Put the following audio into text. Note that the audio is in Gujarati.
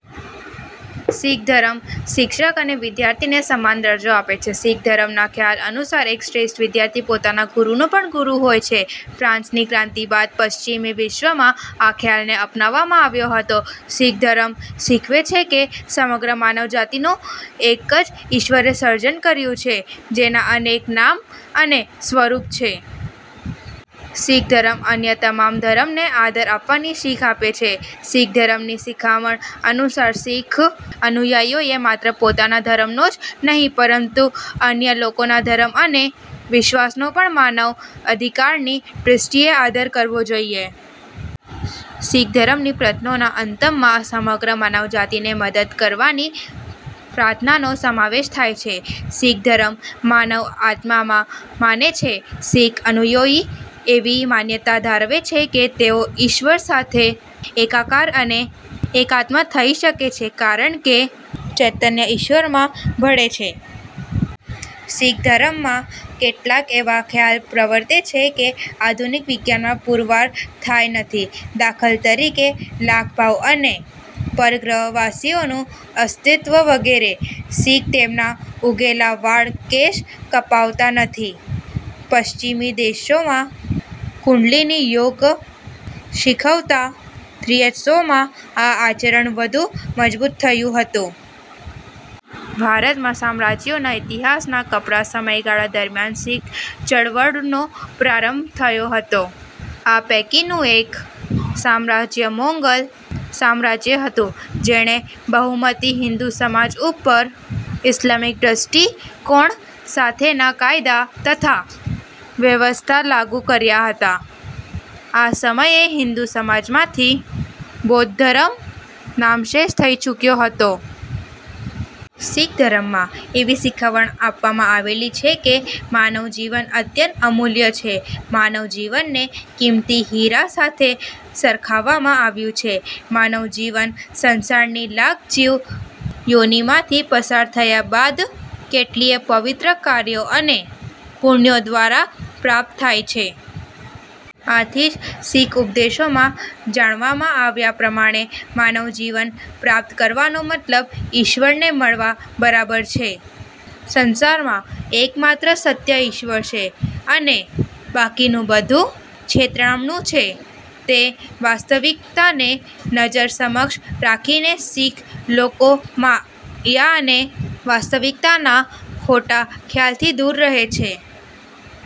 શીખ ધરમ શિક્ષક અને વિદ્યાર્થીને સમાન દરજ્જો આપે છે. શીખ ધરમના ખ્યાલ અનુસાર, એક શ્રેષ્ઠ વિદ્યાર્થી પોતાના ગુરૂનો પણ ગુરૂ હોય છે. ફ્રાન્સની ક્રાંતિ બાદ પશ્ચિમી વિશ્વમાં આ ખ્યાલને અપનાવવામાં આવ્યો હતો.। શીખ ધરમ શીખવે છે કે સમગ્ર માનવજાતિનું એક જ ઈશ્વરે સર્જન કર્યું છે, જેના અનેક નામ અને સ્વરૂપ છે. શીખ ધરમ અન્ય તમામ ધરમ ને આદર આપવાની શીખ આપે છે. શીખ ધરમની શિખામણ અનુસાર, શીખ અનુયાયીઓએ માત્ર પોતાના ધરમનો જ નહિ, પરંતુ અન્ય લોકોના ધરમ અને વિશ્વાસનો પણ માનવ અધિકારની દ્વષ્ટિએ આદર કરવો જોઈએ. શીખ ધરમની પ્રત્નોના અંતમમાં સમગ્ર માનવજાતિને મદદ કરવાની પ્રાર્થનાનો સમાવેશ થાય છે. શીખ ધરમ માનવ આત્મા માં માને છે. શીખ અનુયોયી એવી માન્યતા ધારવે છે કે તેઓ ઈશ્વર સાથે એકાકાર અને એકાત્મ થઇ શકે છે કારણકે ચૈતન્ય ઇશ્વર માં ભળે છે. શીખ ધરમમાં કેટલાક એવા ખ્યાલ પ્રવર્તે છે કે આધુનિક વિજ્ઞાનમાં પૂરવાર થાય નથી. દાખલ તરીકે લાખ ભવ અને પરગ્રહવાસીઓનું અસ્તિત્વ વગેરે. શીખ તેમના ઉગેલા વાળ કેશ કપાવતા નથી. પશ્ચિમી દેશોમાં કુંડલિની યોગ શીખવતા થ્રીએચઓમાં આ આચરણ વધુ મજબૂત થયું હતું. ભારતમાં સામ્રાજ્યોના ઇતિહાસના કપરાં સમયગાળા દરમિયાન શીખ ચળવળનો પ્રારંભ થયો હતો. આ પૈકીનું એક સામ્રાજ્ય મોંગલ સામ્રાજ્ય હતું જેણે બહુમતી હિંદુ સમાજ ઉપર ઈસ્લામિક દ્વષ્ટિકોણ સાથેના કાયદા તથા વ્યવસ્થા લાગુ કર્યા હતા. આ સમયે હિંદુ સમાજમાંથી બૌદ્ધ ધર્મ નામશેષ થઈ ચૂક્યો હતો. શીખ ધરમમાં એવી શીખામણ આપવામાં આવેલી છે કે માનવ જીવન અત્યંત અમૂલ્ય છે. માનવ જીવનને કિંમતી હિરા સાથે સરખાવવામાં આવ્યું છે. માનવ જીવન સંસારની લાખ જીવ યોનિમાંથી પસાર થયા બાદ કેટલીય પવિત્ર કાર્યો અને પુન્યો દ્વારા પ્રાપ્ત થાય છે. આથી જ, શીખ ઉપદેશોમાં જાણવામાં આવ્યા પ્રમાણે માનવ જીવન પ્રાપ્ત કરવાનો મતલબ ઈશ્વરને મળવા બરાબર છે. સંસારમાં એકમાત્ર સત્ય ઈશ્વર છે અને બાકીનું બધું છેતરામણું છે તે વાસ્તવિકતાને નજર સમક્ષ રાખીને શીખ લોકો માયા અને વાસ્તવિકતાના ખોટાં ખ્યાલથી દૂર રહે છે.